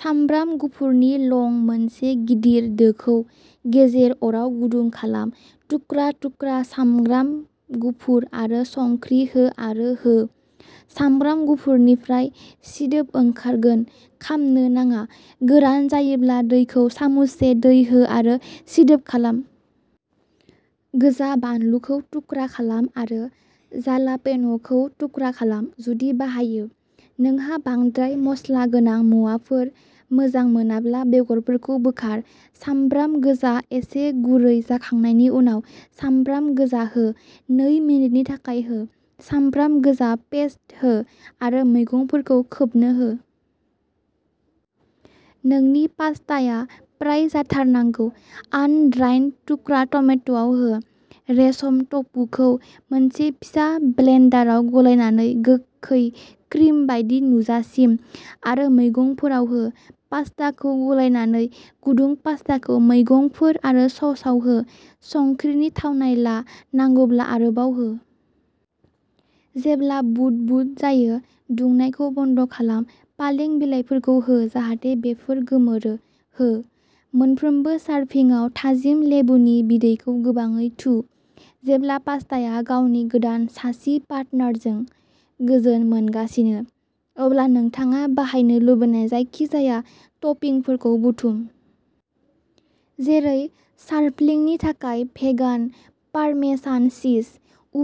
सामब्राम गुफुरनि लं मोनसे गिदिर दोखौ गेजेर अराव गुदुं खालाम, थुख्रा थुख्रा सामब्राम गुफुर आरो संख्रि हो आरो हो। सामब्राम गुफुरनिफ्राय सिदोब ओंखारगोन खामनो नाङा। गोरान जायोब्ला दैखौ सामुससे दै हो आरो सिदोब खालाम। गोजा बानलुखौ थुख्रा खालाम आरो जालापेन'खौ थुख्रा खालाम, जुदि बाहायो। नोंहा बांद्राय मस्ला गोनां मुवाफोर मोजां मोनाब्ला बेगरफोरखौ बोखार! सामब्राम गोजा एसे गुरै जाखांनायनि उनाव, सामब्राम गोजा हो। नै मिनिटनि थाखाय हो। सामब्राम गोजा पेस्त हो आरो मैगंफोरखौ खोबनो हो। नोंनि पास्ताआ फ्राय जाथारनांगौ। आनद्राइन्ड थुख्रा टमेट'आव हो। रेसम टफुखौ मोनसे फिसा ब्लेन्डाराव गलायनानै गोखै क्रिम बायदि नुजासिम, आरो मैगंफोराव हो। पास्ताखौ गलायनानै गुदुं पास्ताखौ मैगंफोर आरो ससआव हो। संख्रिनि थावनाय ला, नांगौब्ला आरोबाव हो। जेब्ला बुद बुद जायो, दुंनायखौ बन्द खालाम, पालें बिलाइफोरखौ हो जाहाथे बेफोर गोमोरो, हो। मोनफ्रोमबो सारभिंआव थाजिम लेबुनि बिदैखौ गोबाङै थु। जेब्ला पास्ताआ गावनि गोदान सासि पार्टनारजों गोजोन मोनगासिनो, अब्ला नोंथाङा बाहायनो लुबैनाय जायखिजाया टपिंफोरखौ बुथुम। जेरै सार्पलिंनि थाखाय भेगान पार्मेसान चीज,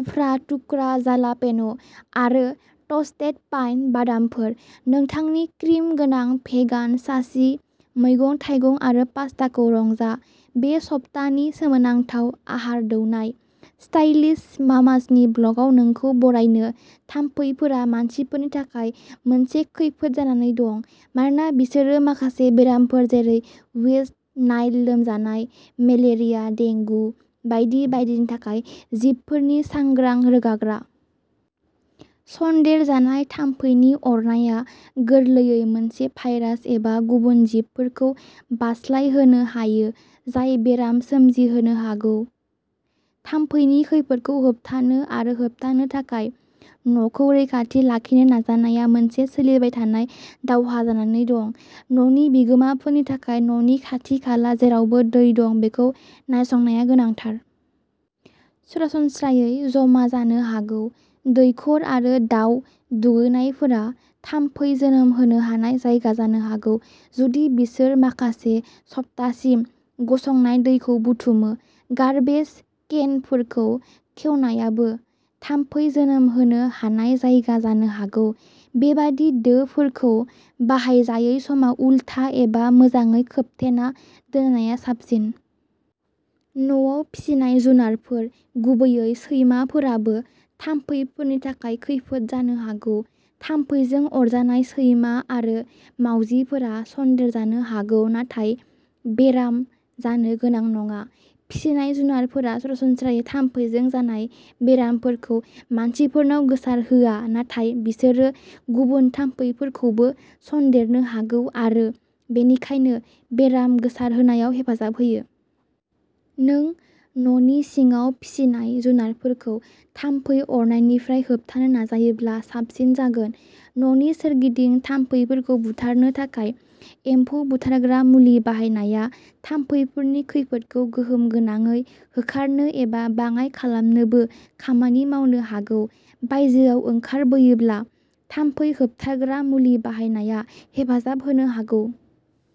उफ्रा थुख्रा जालापेन', आरो टस्टेड पाइन बादामफोर। नोंथांनि क्रिम गोनां, भेगान, सासि मैगं-थाइगं आरो पास्ताखौ रंजा! बे सप्तानि सोमोनांथाव! आहार दौनाय! स्टाइलिश मामासनि ब्लगाव नोंखौ बरायनो, थाम्फैफोरा मानसिफोरनि थाखाय मोनसे खैफोद जानानै दं मानोना बिसोरो माखासे बेरामफोर जेरै वेस्ट नाइल लोमजानाय, मेलेरिया, डेंगु बायदि बायदिनि थाखाय जिबफोरनि सांग्रां रोगाग्रा। सन्देरजानाय थाम्फैनि अरनाया गोरलैयै मोनसे भाइरास एबा गुबुन जिबफोरखौ बारस्लायहोनो हायो जाय बेराम सोमजिहोनो हागौ। थाम्फैनि खैफोदखौ होबथानो आरो होबथानो थाखाय न'खौ रैखाथि लाखिनो नाजानाया मोनसे सोलिबाय थानाय दावहा जानानै दं। न'नि बिगोमाफोरनि थाखाय न'नि खाथि-खाला जेरावबो दै दं बेखौ नायसंनाया गोनांथार। सरासनस्रायै जमा जानो हागौ। दैखर आरो दाउ दुगैनायफोरा थाम्फै जोनोम होनो हानाय जायगा जानो हागौ जुदि बिसोर माखासे सप्तासिम गसंनाय दैखौ बुथुमो। गार्बेज केनफोरखौ खेवनायाबो थाम्फै जोनोम होनो हानाय जायगा जानो हागौ। बेबादि दोफोरखौ बाहायजायै समाव उलथा एबा मोजाङै खोबथेना दोननाया साबसिन। न'आव फिसिनाय जुनारफोर, गुबैयै सैमाफोराबो थाम्फैफोरनि थाखाय खैफोद जानो हागौ थाम्फैजों अरजानाय सैमा आरो मावजिफोरा सन्देरजानो हागौ नाथाय बेराम जानो गोनां नङा। फिसिनाय जुनारफोरा सरासनस्रायै थाम्फैजों जानाय बेरामफोरखौ मानसिफोरनाव गोसारहोआ नाथाय बिसोरो गुबुन थाम्फैफोरखौबो सनदेरनो हागौ आरो बेनिखायनो बेराम गोसारहोनायाव हेफाजाब होयो। नों न'नि सिङाव फिसिनाय जुनारफोरखौ थाम्फै अरनायनिफ्राय होबथानो नाजायोब्ला साबसिन जागोन। न'नि सोरगिदिं थाम्फैफोरखौ बुथारनो थाखाय एम्फौ बुथारग्रा मुलि बाहायनाया थाम्फैफोरनि खैफोदखौ गोहोम गोनाङै होखारनो एबा बाङाइ खालामनोबो खामानि मावनो हागौ। बायजोआव ओंखारबोयोब्ला थाम्फै होबथाग्रा मुलि बाहायनाया हेफाजाब होनो हागौ।